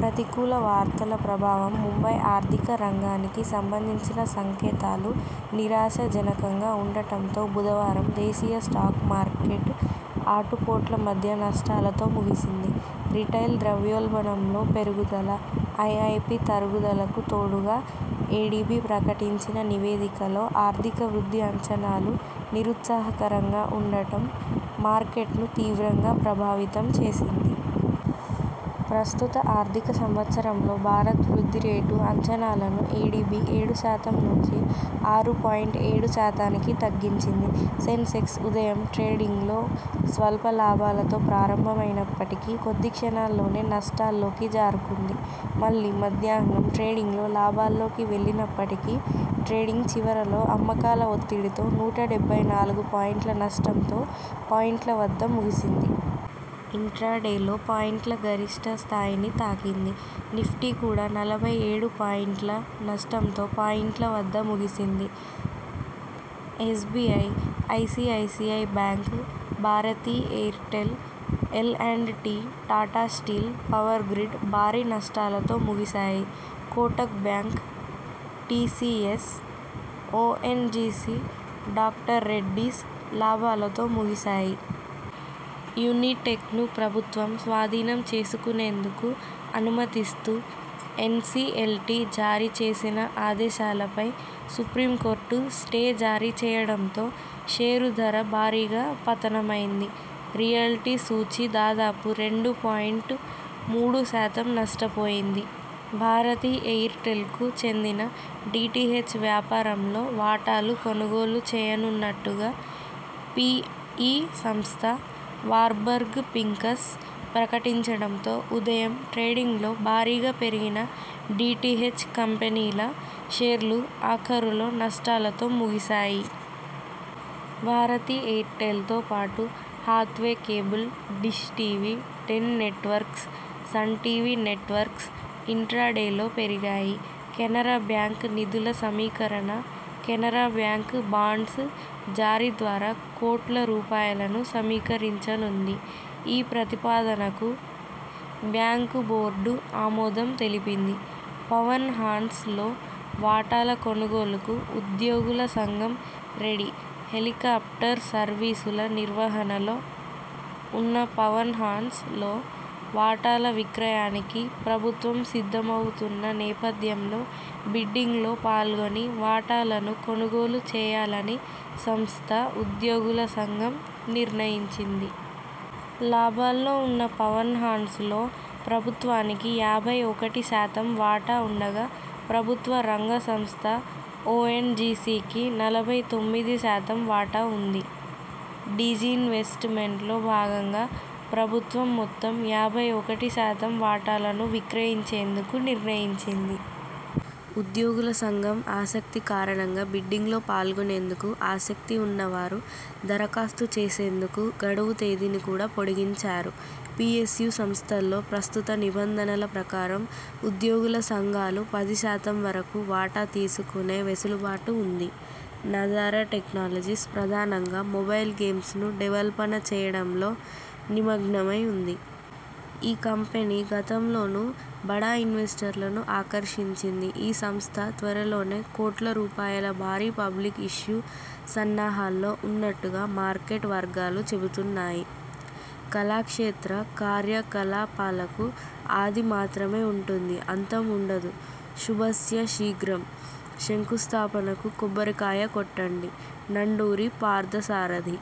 ప్రతికూల వార్తల ప్రభావం ముంబై ఆర్థిక రంగానికి సంబంధించిన సంకేతాలు నిరాశా జనకంగా ఉండటంతో బుధవారం దేశీయ స్టాక్ మార్కెట్ ఆటు పోట్ల మధ్య నష్టాలతో ముగిసింది. రిటైల్ ద్రవ్యోల్బణంలో పెరుగుదల, ఐఐపి తరుగుదలకు తోడుగా ఎడిబి ప్రకటించిన నివేదికలో ఆర్థిక వృద్ధి అంచనాలు నిరుత్సాహకరంగా ఉండటం మార్కెట్ను తీవ్రంగా ప్రభావితం చేసింది. ప్రస్తుత ఆర్థిక సంవత్సరంలో భారత్ వృద్ధి రేటు అంచనాలను ఎడిబి ఏడు శాతం నుంచి ఆరు పాయింట్ ఏడు శాతానికి తగ్గించింది. సెన్సెక్స్ ఉదయం ట్రేడింగ్లో స్వల్ప లాభాలతో ప్రారంభమైనప్పటికీ కొద్ది క్షణాల్లోనే నష్టాల్లోకి జారుకుంది. మళ్లీ మధ్యాహ్నాం ట్రేడింగ్లో లాభాల్లోకి వెళ్లినప్పటికీ ట్రేడింగ్ చివరలో అమ్మకాల ఒత్తిడితో నూట డెబ్బై నాలుగు పాయింట్ల నష్టంతో పాయింట్ల వద్ద ముగిసింది. ఇంట్రాడేలో పాయింట్ల గరిష్ఠ స్థాయిని తాకింది. నిఫ్టీ కూడా నలభై ఏడు పాయింట్ల నష్టంతో పాయింట్ల వద్ద ముగిసింది SBI, ICICI Bank, Bharti Airtel, L and T, Tata Steel, Power Grid భారీ నష్టాలతో ముగిశాయి. Kotak Bank, T C S, O N G C, Doctor Reddy's లాభాలతో ముగిశాయి. యునిటెక్ను ప్రభుత్వం స్వాధీనం చేసుకునేందుకు అనుమతినిస్తూ ఎన్ సి ఎల్ టి జారీ చేసిన ఆదేశాలపై సుప్రీంకోర్టు స్టే జారీ చేయడంతో షేరు ధర భారీగా పతనమైంది. రియల్టీ సూచీ దాదాపు రెండు పాయింట్ మూడు శాతం నష్టపోయింది. భారతి ఎయిర్టెల్కు చెందిన డి టి హెచ్ వ్యాపారంలో వాటాలు కొనుగోలు చేయనున్నట్టుగా పి ఇ సంస్థ వార్బర్గ్ పింకస్ ప్రకటించడంతో ఉదయం ట్రేడింగ్లో భారీగా పెరిగిన డి టి హెచ్ కంపెనీల షేర్లు ఆఖరులో నష్టాలతో ముగిసాయి. భారతి ఎయిర్టెల్తో పాటు Hathway Cable, Dish TV, Den Networks, Sun TV Networks ఇంట్రాడేలో పెరిగాయి. కెనరా బ్యాంక్ నిధుల సమీకరణ కెనరా బ్యాంక్ బాండ్స్ జారీ ద్వారా కోట్ల రూపాయలను సమీకరించనుంది. ఈ ప్రతిపాదనకు బ్యాంకు బోర్డు ఆమోదం తెలిపింది. పవన్ హాన్స్ లో వాటాల కొనుగోలుకు ఉద్యోగుల సంఘం రెడీ హెలీకాప్టర్ సర్వీసుల నిర్వహణలో ఉన్న పవన్ హాన్స్ లో వాటాల విక్రయానికి ప్రభుత్వం సిద్ధమవుతున్న నేపథ్యంలో బిడ్డింగ్లో పాల్గొని వాటాలను కొనుగోలు చేయాలని సంస్థ ఉద్యోగుల సంఘం నిర్ణయించింది. లాభాల్లో ఉన్న పవన్ హాన్స్ లో ప్రభుత్వానికి యాభై ఒకటి శాతం వాటా ఉండగా ప్రభుత్వ రంగ సంస్థ ఒ ఎన్ జి సి కి నలభై తొమ్మిది శాతం వాటా ఉంది. డిజిన్వెస్ట్ మెంట్లో భాగంగా ప్రభుత్వం మొత్తం యాభై ఒకటి శాతం వాటాలను విక్రయించేందుకు నిర్ణయించింది. ఉద్యోగుల సంఘం ఆసక్తి కారణంగా బిడ్డింగ్లో పాల్గొనేందుకు ఆసక్తి ఉన్నవారు దరఖాస్తు చేసేందుకు గడువు తేదీని కూడా పొడిగించారు. పి ఎస్ యు సంస్థల్లో ప్రస్తుత నిబంధనల ప్రకారం ఉద్యోగుల సంఘాలు పది శాతం వరకు వాటా తీసుకునే వెసులుబాటు ఉంది. నజారా టెక్నాలజీస్ ప్రధానంగా మొబైల్ గేమ్స్ ను డెవల్పను చేయడంలో నిమగ్నమై ఉంది. ఈ కంపెనీ గతంలోనూ బడా ఇన్వెస్టర్లను ఆకర్షించింది. ఈ సంస్థ త్వరలోనే కోట్ల రూపాయల భారీ పబ్లిక్ ఇష్యూ సన్నాహాల్లో ఉన్నట్టుగా మార్కెట్ వర్గాలు చెబుతున్నాయి. కళాక్షేత్ర కార్యకలాపాలకు 'ఆది' మాత్రమే ఉంటుంది. 'అంతం' ఉండదు. శుభస్య శీఘ్రం. శంకుస్థాపనకు కొబ్బరికాయ కొట్టండి. నండూరి పార్థసారథి